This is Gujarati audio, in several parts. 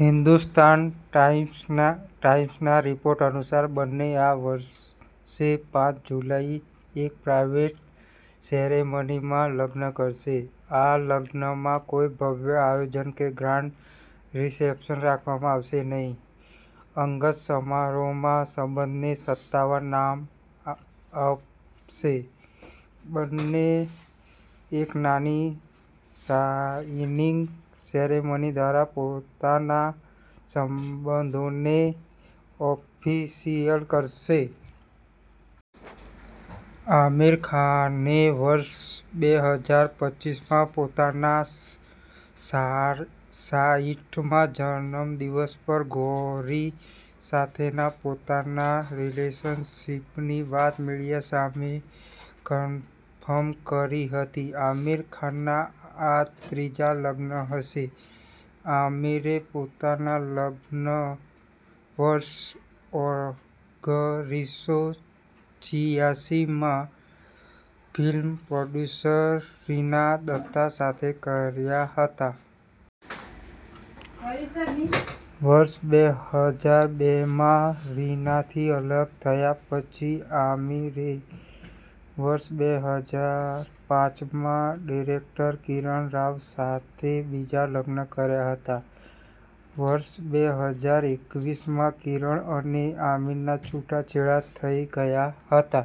હિન્દુસ્તાન ટાઈમ્સ'ના રિપોર્ટ અનુસાર, બંને આ વર્ષે પાંચ જુલાઈએ એક પ્રાઈવેટ સેરેમનીમાં લગ્ન કરશે. આ લગ્નમાં કોઈ ભવ્ય આયોજન કે ગ્રાન્ડ રિસેપ્શન રાખવામાં આવશે નહીં. અંગત સમારોહમાં સંબંધને સત્તાવાર નામ આપશે. બંને એક નાની સાઈનિંગ સેરેમની દ્વારા પોતાના સંબંધોને ઓફિશિયલ કરશે. આમિર ખાને વર્ષ બે હજાર પચ્ચીસમાં પોતાના સાઈઠ મા જન્મદિવસ પર ગૌરી સાથેના પોતાના રિલેશનશિપની વાત મીડિયા સામે કન્ફર્મ કરી હતી. આમિર ખાનના આ ત્રીજા લગ્ન હશે. આમિરે પહેલા લગ્ન વર્ષ ઓગરીસો છીયાસી માં ફિલ્મ પ્રોડ્યુસર રીના દત્તા સાથે કર્યા હતા. વર્ષ બે હજાર બે માં રીનાથી અલગ થયા પછી, આમિરે વર્ષ બે હજાર પાંચ માં ડિરેક્ટર કિરણ રાવ સાથે બીજા લગ્ન કર્યા હતા. વર્ષ બે હજાર એકવીસ માં કિરણ અને આમિરના છૂટાછેડા થઈ ગયા હતા.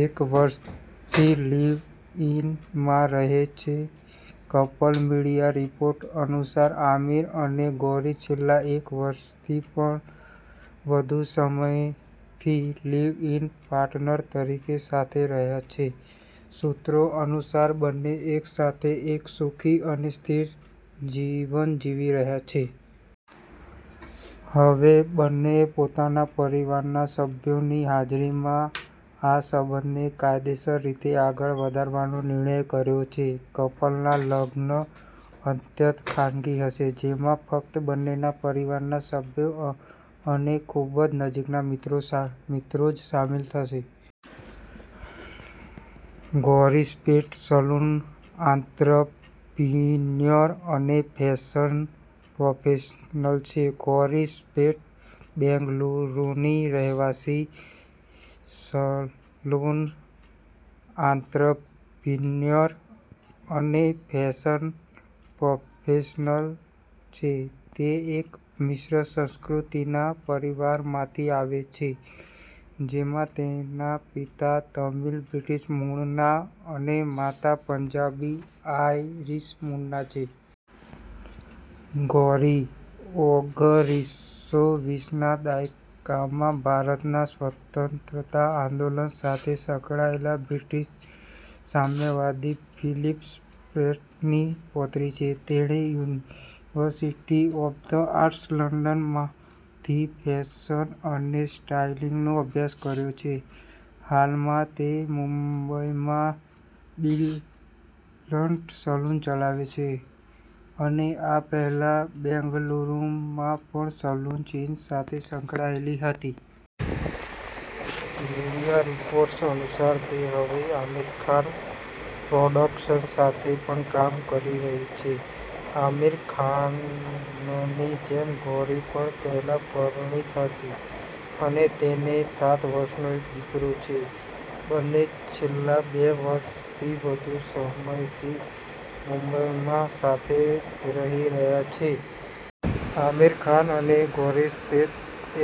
એક વર્ષથી લિવ-ઇનમાં રહે છે કપલ. મીડિયા રિપોર્ટ અનુસાર, આમિર અને ગૌરી છેલ્લા એક વર્ષથી પણ વધુ સમયથી લિવ-ઇન પાર્ટનર તરીકે સાથે રહ્યા છે. સૂત્રો અનુસાર, બંને એક સાથે એક સુખી અને સ્થિર જીવન જીવી રહ્યા છે. હવે બંનેએ પોતાના પરિવારના સભ્યોની હાજરીમાં આ સંબંધને કાયદેસર રીતે આગળ વધારવાનો નિર્ણય કર્યો છે. કપલના લગ્ન અત્યંત ખાનગી હશે, જેમાં ફક્ત બંનેના પરિવારના સભ્યો અને ખૂબ જ નજીકના મિત્રો જ સામેલ થશે. ગૌરી સ્પ્રેટ સલૂન આંત્રપ્રિન્યોર અને ફેશન પ્રોફેશનલ છે. ગૌરી સ્પ્રેટ બેંગલુરુની રહેવાસી, સલૂન આંત્રપ્રિન્યોર, અને ફેશન પ્રોફેશનલ છે. તે એક મિશ્ર સંસ્કૃતિના પરિવારમાંથી આવે છે, જેમાં તેના પિતા તમિલ-બ્રિટિશ મૂળના અને માતા પંજાબી-આઇરિશ મૂળના છે. ગૌરી ઓગરીસો વીસ ના દાયકામાં ભારતના સ્વતંત્રતા આંદોલન સાથે સંકળાયેલા બ્રિટિશ સામ્યવાદી ફિલિપ સ્પ્રેટની પૌત્રી છે. તેણે university 'of the arts London' માંથી ફેશન અને સ્ટાઇલિંગનો અભ્યાસ કર્યો છે. હાલમાં તે મુંબઈમાં 'બીબ્લન્ટ' સલૂન ચલાવે છે, અને આ પહેલા બેંગલુરુમાં પણ સલૂન ચેઇન સાથે સંકળાયેલી હતી. મીડિયા રિપોર્ટ્સ અનુસાર તે હવે આમિર ખાન પ્રોડક્શન્સ સાથે પણ કામ કરી રહી છે. આમિર ખાનની જેમ ગૌરી પણ પહેલા પરિણીત હતી અને તેને સાત વર્ષનો એક દીકરો છે. બંને છેલ્લા બે વર્ષથી વધુ સમયથી મુંબઈમાં સાથે રહી રહ્યા છે. આમિર ખાન અને ગૌરી સ્પ્રેટ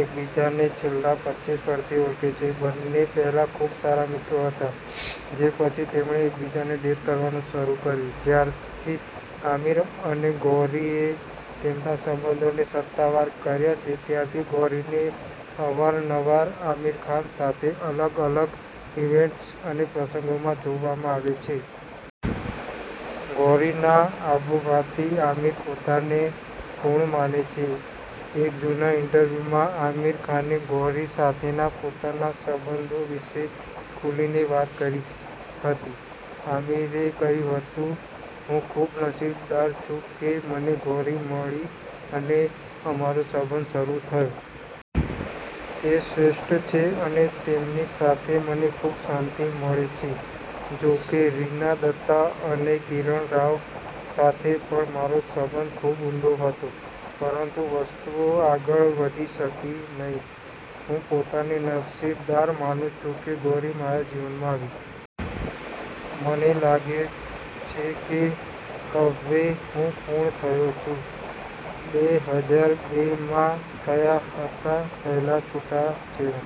એકબીજાને છેલ્લા પચ્ચીસ વર્ષથી ઓળખે છે. બંને પહેલા ખૂબ સારા મિત્રો હતા, જે પછી તેમણે એકબીજાને ડેટ કરવાનું શરૂ કર્યું. જ્યારથી આમિર અને ગૌરીએ તેમના સંબંધોને સત્તાવાર કર્યા છે, ત્યારથી ગૌરીને અવારનવાર આમિર ખાન સાથે અલગ-અલગ ઇવેન્ટ્સ અને પ્રસંગોએ સાથે જોવામાં આવે છે. ગૌરીના આવવાથી આમિર પોતાને પૂર્ણ માને છે. એક જૂના ઇન્ટરવ્યુમાં આમિર ખાને, ગૌરી સાથેના પોતાના સંબંધો વિશે ખુલીને વાત કરી હતી. આમિરે કહ્યું હતું, "હું ખૂબ નસીબદાર છું કે મને ગૌરી મળી અને અમારો સંબંધ શરૂ થયો. તે શ્રેષ્ઠ છે અને તેમની સાથે મને ખૂબ શાંતિ મળે છે. જોકે, રીના દત્તા અને કિરણ રાવ સાથે પણ મારો સંબંધ ખૂબ ઊંડો હતો, પરંતુ વસ્તુઓ આગળ વધી શકી નહીં. હું પોતાને નસીબદાર માનું છું કે ગૌરી મારા જીવનમાં આવી. મને લાગે છે કે હવે હું પૂર્ણ થયો છું." બે હજાર બે માં થયા હતા પહેલા છૂટાછેડા.